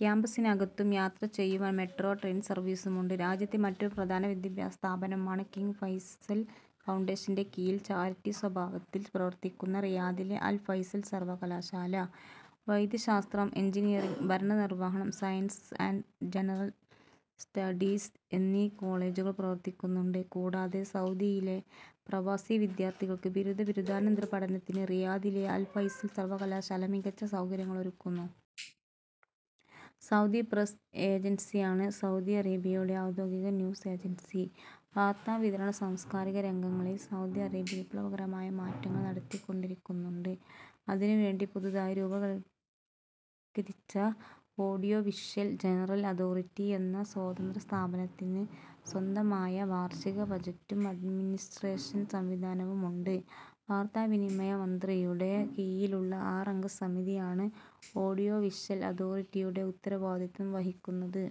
ക്യാംപസിനകത്തു യാത്രചെയ്യുവാൻ metro train സർവീസുമുണ്ട്. രാജ്യത്തെ മറ്റൊരു പ്രധാന വിദ്യാഭ്യാസ സ്ഥാപനമാണ് കിങ് ഫൈസൽ ഫൗണ്ടേഷന്റെ കീഴിൽ ചാരിറ്റി സ്വഭാവത്തിൽ പ്രവർത്തിക്കുന്ന റിയാദിലെ അൽ ഫൈസൽ സർവകലാശാല. വൈദ്യശാസ്ത്രം, എൻജിനീയറിങ്, ഭരണ നിർവ്വഹണം, സയൻസ് ആന്റ് ജനറൽ സ്റ്റഡീസ് എന്നീ കോളജുകൾ പ്രവർത്തിക്കുന്നുണ്ട്. കൂടാതെ സൗദിയിലെ പ്രവാസി വിദ്യാർഥികൾക്ക് ബിരുദ, ബിരുദാനന്തര പഠനത്തിന് റിയാദിലെ അൽ ഫൈസൽ സർവകലാശാല മികച്ച സൗകര്യങ്ങളൊരുക്കുന്നു. സൗദി പ്രസ് ഏജൻസിയാണ് സൗദി അറേബ്യയുടെ ഔദ്യോഗിക ന്യൂസ് ഏജൻസി. വാർത്താവിതരണ, സാംസ്കാരിക രംഗങ്ങളിൽ സൗദി അറേബ്യ വിപ്ലവകരമായ മാറ്റങ്ങൾ നടത്തിക്കൊണ്ടിരിക്കുന്നുണ്ട്. അതിനു വേണ്ടി പുതുതായി രൂപവൽക്കരിച്ച ഓഡിയോ വിഷ്വൽ ജനറൽ അതോറിറ്റി എന്ന സ്വതന്ത്രസ്ഥാപനത്തിന് സ്വന്തമായ വാർഷിക ബജറ്റും അഡ്മിനിസ്ട്രേഷൻ സംവിധാനവുമുണ്ട്. വാർത്താവിനിമയ മന്ത്രിയുടെ കീഴിലുള്ള ആറംഗ സമിതിയാണ് ഓഡിയോവിഷൽ അതോറിറ്റിയുടെ ഉത്തരവാദിത്തം വഹിക്കുന്നത്.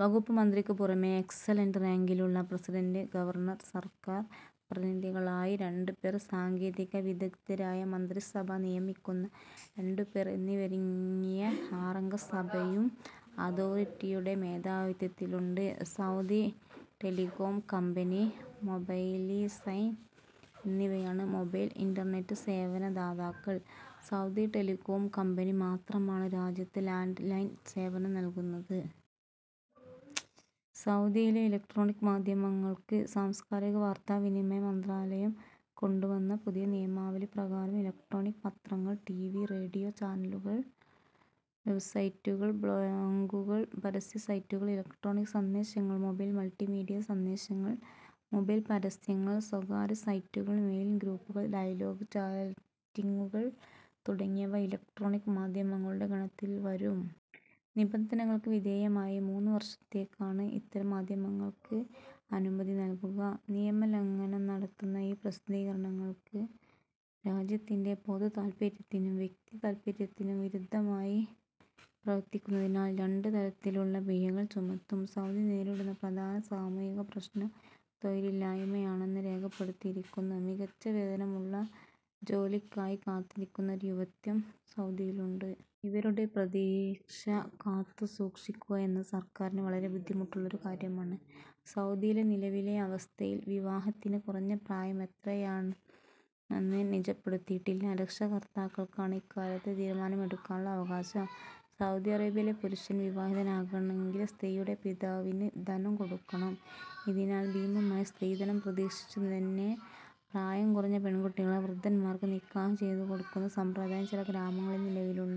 വകുപ്പുമന്ത്രിക്കു പുറമെ എക്സലൻറ് റാങ്കിലുള്ള പ്രസിഡൻറ്, ഗവർണർ, സർക്കാർ പ്രതിനിധികളായി രണ്ട് പേർ, സാങ്കേതിക വിദഗ്ദ്ധരായ മന്ത്രിസഭ നിയമിക്കുന്ന രണ്ട് പേർ എന്നിവരങ്ങിയ ആറംഗ സഭയും അതോറിറ്റിയുടെ മേധാവിത്വത്തിലുണ്ട്. Saudi Telecom Company, Mobily, Zain എന്നിവയാണ് മൊബൈൽ, ഇന്റർനെറ്റ് സേവന ദാദാക്കൾ. സൗദി ടെലികോം കമ്പനി മാത്രമാണ് രാജ്യത്ത് ലാൻഡ് ലൈൻ സേവനംനൽകുന്നത്. സൗദിയിലെ ഇലക്ട്രോണിക് മാധ്യമങ്ങൾക്ക് സാംസ്കാരിക-വാർത്താവിനിമയ മന്ത്രാലയം കൊണ്ടുവന്ന പുതിയ നിയമാവലി പ്രകാരം ഇലക്ട്രോണിക് പത്രങ്ങൾ, ടി. വി-റേഡിയോ ചാനലുകൾ, വെബ്സൈറ്റുകൾ, ബ്ലോഗുകൾ, പരസ്യ സൈറ്റുകൾ, ഇലക്ട്രോണിക് സന്ദേശങ്ങൾ, മൊബൈൽ-മൾട്ടിമീഡിയ സന്ദേശങ്ങൾ, മൊബൈൽ പരസ്യങ്ങൾ, സ്വകാര്യ സൈറ്റുകൾ, മെയിൽ ഗ്രൂപ്പുകൾ, ഡയലോഗ്-ചാറ്റിങ്ങുകൾ തുടങ്ങിയവ ഇലക്ട്രോണിക് മാധ്യമങ്ങളുടെ ഗണത്തിൽ വരും. നിബന്ധനകൾക്ക് വിധേയമായി മൂന്ന് വർഷത്തേക്കാണ് ഇത്തരം മാധ്യമങ്ങൾക്ക് അനുമതി നൽകുക. നിയമലംഘനം നടത്തുന്ന ഇ-പ്രസിദ്ധീകരണങ്ങൾക്ക് രാജ്യത്തിന്റെ പൊതു താൽപര്യത്തിനും വ്യക്തി താൽപര്യത്തിനും വിരുദ്ധമായി പ്രവർത്തിക്കുന്നതിനാൽ രണ്ട് തരത്തിലുള്ള പിഴകൾ ചുമത്തും.. സൗദി നേരിടുന്ന പ്രധാന സാമൂഹിക പ്രശ്നം തൊഴിലില്ലായ്മ ആണെന്ന് രേഖപ്പെടുത്തിയിരിക്കുന്നു. മികച്ച വേതനമുള്ള ജോലിക്കായി കാത്തിരിക്കുന്ന ഒരു യുവത്വം സൗദിയിലുണ്ട്. ഇവരുടെ പ്രതീക്ഷ കാത്തു സൂക്ഷിക്കുക എന്നത് സർക്കാരിന് വളരെ ബുദ്ധിമുട്ടുള്ള ഒരു കാര്യമാണ്.. സൗദിയിലെ നിലവിലെ അവസ്ഥയിൽ വിവാഹത്തിന് കുറഞ്ഞ പ്രായം എത്രയാണെന്ന് നിജപ്പെടുത്തിയിട്ടില്ല. രക്ഷാകർത്താക്കൾക്കാണ് ഇക്കാര്യത്തിൽ തീരുമാനമെടുക്കാനുള്ള അവകാശം. സൗദി അറേബ്യയിൽ പുരുഷൻ വിവാഹിതനാകണമെങ്കിൽ സ്ത്രീയുടെ പിതാവിന് ധനം കൊടുക്കണം. ഇതിനാൽ ഭീമമായ സ്ത്രീധനം പ്രതീക്ഷിച്ചു നന്നേ പ്രായം കുറഞ്ഞ പെൺകുട്ടികളെ വൃദ്ധന്മാർക്ക് നിക്കാഹ് ചെയ്തുകൊടുക്കുന്ന സമ്പ്രദായം ചില ഗ്രാമങ്ങളിൽ നിലവിലുണ്ട്.